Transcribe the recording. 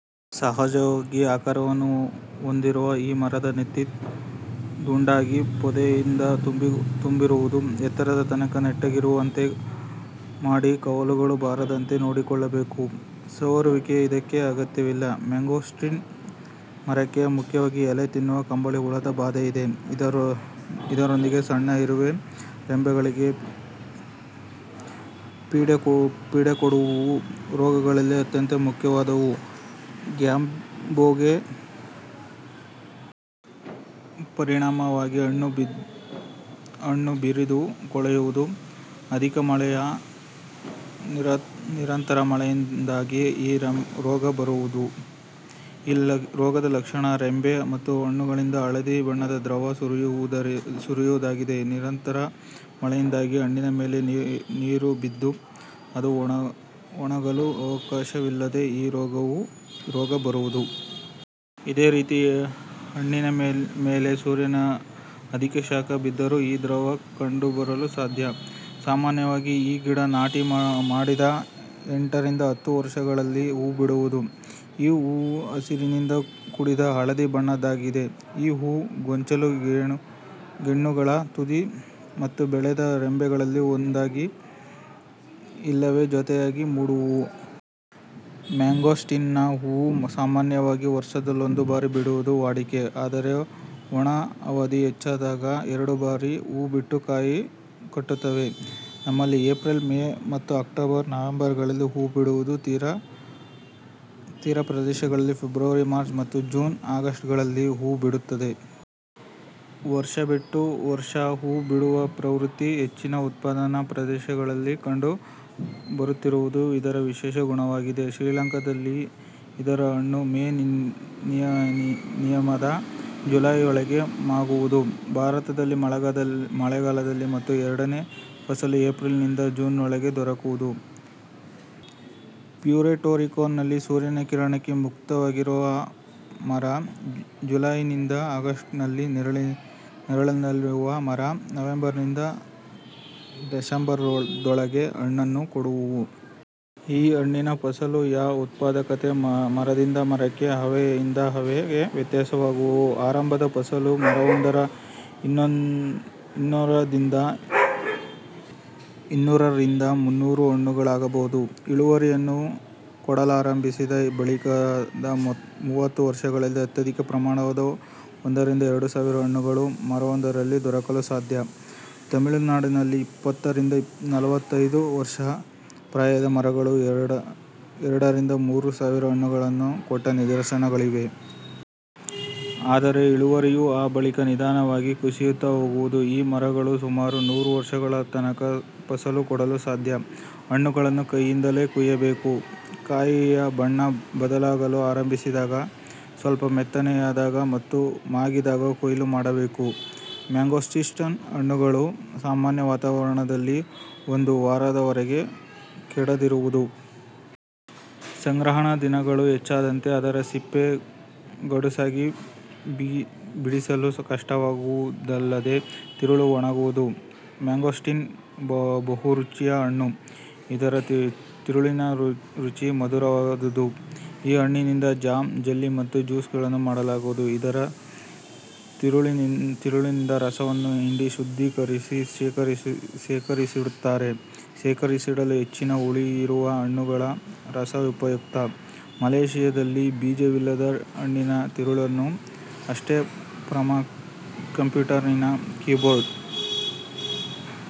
ಸಹಜವಾಗಿ ಆಕಾರವನ್ನು ಹೊಂದಿರುವ ಈ ಮರದ ನೆತ್ತಿ ದುಂಡಗಾಗಿ ಪೊದೆಯಿಂದ ತುಂಬಿರುವುದು. ಎತ್ತರದ ತನಕ ನೆಟ್ಟಗಿರುವಂತೆ ಮಾಡಿ ಕವಲುಗಳು ಬಾರದಂತೆ ನೋಡಿಕೊಳ್ಳಬೇಕು. ಸವರುವಿಕೆ ಇದಕ್ಕೆ ಅಗತ್ಯವಿಲ್ಲ. ಮ್ಯಾಂಗೋಸ್ಟಿನ್ ಮರಕ್ಕೆ ಮುಖ್ಯವಾಗಿ ಎಲೆ ತಿನ್ನುವ ಕಂಬಳಿ ಹುಳದ ಬಾಧೆಯಿದೆ. ಇದರೊಂದಿಗೆ ಸಣ್ಣ ಇರುವೆ ರೆಂಬೆಗಳಿಗೆ ಪೀಡೆಕೊಡುವುವು. ರೋಗಗಳಲ್ಲಿ ಅತ್ಯಂತ ಮುಖ್ಯವಾದುದು "ಗ್ಯಾಂಬೋಗೆ". ಪರಿಣಾಮವಾಗಿ ಹಣ್ಣು ಬಿರಿದು ಕೊಳೆಯುವುದು. ಅಧಿಕ ಮಳೆ ಯಾ ನಿರಂತರ ಮಳೆಯಿಂದಾಗಿ ಈ ರೋಗ ಬುರುವುದು. ಈ ರೋಗದ ಲಕ್ಷಣ ರೆಂಬೆ ಮತ್ತು ಹಣ್ಣುಗಳಿಂದ ಹಳದಿ ಬಣ್ಣದ ದ್ರವ ಸುರಿಯುವುದಾಗಿದೆ. ನಿರಂತರ ಮಳೆಯಾದಾಗ ಹಣ್ಣಿನ ಮೇಲೆ ನೀರು ಬಿದ್ದು, ಅದು ಒಣಗಲು ಅವಕಾಶವಿಲ್ಲದೆ ಈ ರೋಗ ಬರುವುದು. ಇದೇ ರೀತಿ ಹಣ್ಣಿನ ಮೇಲೆ ಸೂರ್ಯನ ಅಧಿಕ ಶಾಖ ಬಿದ್ದರೂ ಈ ದ್ರವ ಕಂಡು ಬರಲು ಸಾಧ್ಯ. ಸಾಮಾನ್ಯವಾಗಿ ಈ ಗಿಡ ನಾಟಿ ಮಾಡಿದ ಎಂಟ ರಿಂದ ಹತ್ತು ವರ್ಷಗಳಲ್ಲಿ ಹೂವು ಬಿಡುವುದು. ಈ ಹೂವು ಹಸಿರಿನಿಂದ ಕೂಡಿದ ಹಳದಿ ಬಣ್ಣದ್ದಾಗಿದೆ ಈ ಹೂ ಗೊಂಚಲು ಗೆಣ್ಣುಗಳ ತುದಿ ಮತ್ತು ಬೆಳೆದ ರೆಂಬೆಗಳಲ್ಲಿ ಒಂದಾಗಿ ಇಲ್ಲವೆ ಜೊತೆಯಾಗಿ ಮೂಡುವುವು. ಮ್ಯಾಂಗೋಸ್ಟಿನ್ನ ಹೂವು ಸಾಮಾನ್ಯವಾಗಿ ವರ್ಷದಲ್ಲೊಂದು ಬಾರಿ ಬಿಡುವುದು ವಾಡಿಕೆ, ಆದರೆ, ಒಣ ಅವಧಿ ಹೆಚ್ಚಿದ್ದಾಗ ಎರಡು ಬಾರಿ ಹೂವು ಬಿಟ್ಟು ಕಾಯಿ ಕಟ್ಟುತ್ತವೆ. ನಮ್ಮಲ್ಲಿ ಏಪ್ರಿಲ್ – ಮೇ ಮತ್ತು ಅಕ್ಟೋಬರ್ – ನವಂಬರ್ ಗಳಲ್ಲಿ ಹೂವು ಬಿಡುವುದು. ತೀರ ಪ್ರದೇಶಗಳಲ್ಲಿ ಫೆಬ್ರವರಿ-ಮಾರ್ಚ್ ಮತ್ತು ಜೂನ್ -ಆಗಸ್ಟ್ಗಳಲ್ಲಿ ಹೂವು ಬಿಡುತ್ತದೆ. ವರ್ಷ ಬಿಟ್ಟು ವರ್ಷ ಹೂವು ಬಿಡುವ ಪ್ರವೃತ್ತಿ ಹೆಚ್ಚಿನ ಉತ್ಪಾದನಾ ಪ್ರದೇಶಗಳಲ್ಲಿ ಕಂಡು ಬರುತ್ತಿರುವುದು ಇದರ ವಿಶೇಷ ಗುಣವಾಗಿದೆ. ಶ್ರೀಲಂಕಾದಲ್ಲಿ ಇದರ ಹಣ್ಣು ಮೇ ನಿಮದ ಜುಲಾಯಿಯೊಳಗೆ ಮಾಗುವುದು. ಭಾರತದಲ್ಲಿ ಮಳೆಗಾಲದಲ್ಲಿ ಮತ್ತು ಎರಡನೆ ಫಸಲು ಏಪ್ರಿಲ್ನಿಂದ ಜೂನ್ನೊಳಗೆ ದೊರಕುವುದು. ಪ್ಯುರೆಟೋರಿಕನ್ನಲ್ಲಿ ಸೂರ್ಯನ ಕಿರಣಕ್ಕೆ ಮುಕ್ತವಾಗಿರುವ ಮರ ಜುಲಾಯಿನಿಂದ ಅಗೋಸ್ಟುನಲ್ಲಿ ನೆರಳಲ್ಲಿರುವ ಮರ ನವಂಬರಿನಿಂದ ದಶಂಬರದೊಳಗೆ ಹಣ್ಣನ್ನು ಕೊಡುವುವು. ಈ ಹಣ್ಣಿನ ಫಸಲು ಯಾ ಉತ್ಪಾದಕತೆ ಮರದಿಂದ ಮರಕ್ಕೆ, ಹವೆಯಿಂದ ಹವೆಗೆ ವ್ಯತ್ಯಾಸವಾಗುವುದು. ಆರಂಭದ ಫಸಲು ಮರವೊಂದರ ಇನ್ನೂರರಿಂದ ರಿಂದ ಮುನ್ನೂರು ಹಣ್ಣುಗಳಾಗಬಹುದು. ಇಳುವರಿಯನ್ನು ಕೊಡಲಾರಂಭಿಸಿದ ಬಳಿಕದ ಮೂವತ್ತು ವರ್ಷಗಳಲ್ಲಿ ಅತ್ಯಧಿಕ ಪ್ರಮಾಣವಾದ ಒಂದ ರಿಂದ ಎರಡು ಸಾವಿರ ಹಣ್ಣುಗಳು ಮರವೊಂದರಲ್ಲಿ ದೊರಕಲು ಸಾಧ್ಯ. ತಮಿಳುನಾಡಿನಲ್ಲಿಇಪ್ಪತ್ತ ರಿಂದ ನಲವತ್ತೈದು ವರ್ಷ ಪ್ರಾಯದ ಮರಗಳು ಎರಡ ರಿಂದ ಮೂರು ಸಾವಿರ ಹಣ್ನುಗಳನ್ನು ಕೊಟ್ಟ ನಿದರ್ಶನಗಳಿವೆ. ಆದರೆ ಇಳುವರಿಯು ಆ ಬಳಿಕ ನಿಧಾನವಾಗಿ ಕುಸಿಯುತ್ತಾ ಹೋಗುವುದು. ಈ ಮರಗಳು ಸುಮಾರು ನೂರು ವರ್ಷಗಳ ತನಕ ಫಸಲು ಕೊಡಲು ಸಾಧ್ಯ. ಹಣ್ಣುಗಳನ್ನು ಕೈಯಿಂದಲೇ ಕೊಯ್ಯಬೇಕು. ಕಾಯಿಯ ಬಣ್ಣ ಬದಲಾಗಲು ಆರಂಭಿಸಿದಾಗ, ಸ್ವಲ್ಪ ಮೆತ್ತನೆಯಾದಾಗ ಮತ್ತು ಮಾಗಿದಾಗ ಕೊಯ್ಲು ಮಾಡಬೇಕು. ಮ್ಯಾಂಗೋಸ್ಟಿನ್ ಹಣ್ಣುಗಳು ಸಾಮಾನ್ಯ ವಾತಾವರಣದಲ್ಲಿ ಒಂದು ವಾರದವರೆಗೆ ಕೆಡದಿರುವುದು. ಸಂಗ್ರಹಣಾ ದಿನಗಳು ಹೆಚ್ಚಾದಂತೆ ಅದರ ಸಿಪ್ಪೆ ಗಡಸಾಗಿ ಬಿಡಿಸಲು ಕಷ್ಟವಾಗುವುದಲ್ಲದೆ ತಿರುಳು ಒಣಗುವುದು. ಮ್ಯಾಂಗೋಸ್ಟಿನ್ ಬಹುರುಚಿಯ ಹಣ್ಣು. ಇದರ ತಿರುಳಿನ ರುಚಿ ಮಧುರವಾದುದು. ಈ ಹಣ್ಣಿನಿಂದ ಜಾಮ್, ಜೆಲ್ಲಿ ಮತ್ತು ಜ್ಯೂಸನ್ನು ಮಾಡಲಾಗುವುದು. ಇದರ ತಿರುಳಿನಿಂದ ರಸವನ್ನು ಹಿಂಡಿ ಶುದ್ಧೀಕರಿಸಿ ಶೇಖರಿಸಿಡುತ್ತಾರೆ. ಶೇಖರಿಸಿಡಲು ಹೆಚ್ಚಿನ ಹುಳಿಯಿರುವ ಹಣ್ಣುಗಳ ರಸ ಉಪಯುಕ್ತ. ಮಲೇಶಿಯಾದಲ್ಲಿ ಬೀಜವಿಲ್ಲದ ಹಣ್ಣಿನ ತಿರುಳನ್ನು ಅಷ್ಟೇ ಪ್ರಮ ಕಂಪ್ಯೂಟರಿನ ಕೀಬೋರ್ಡ್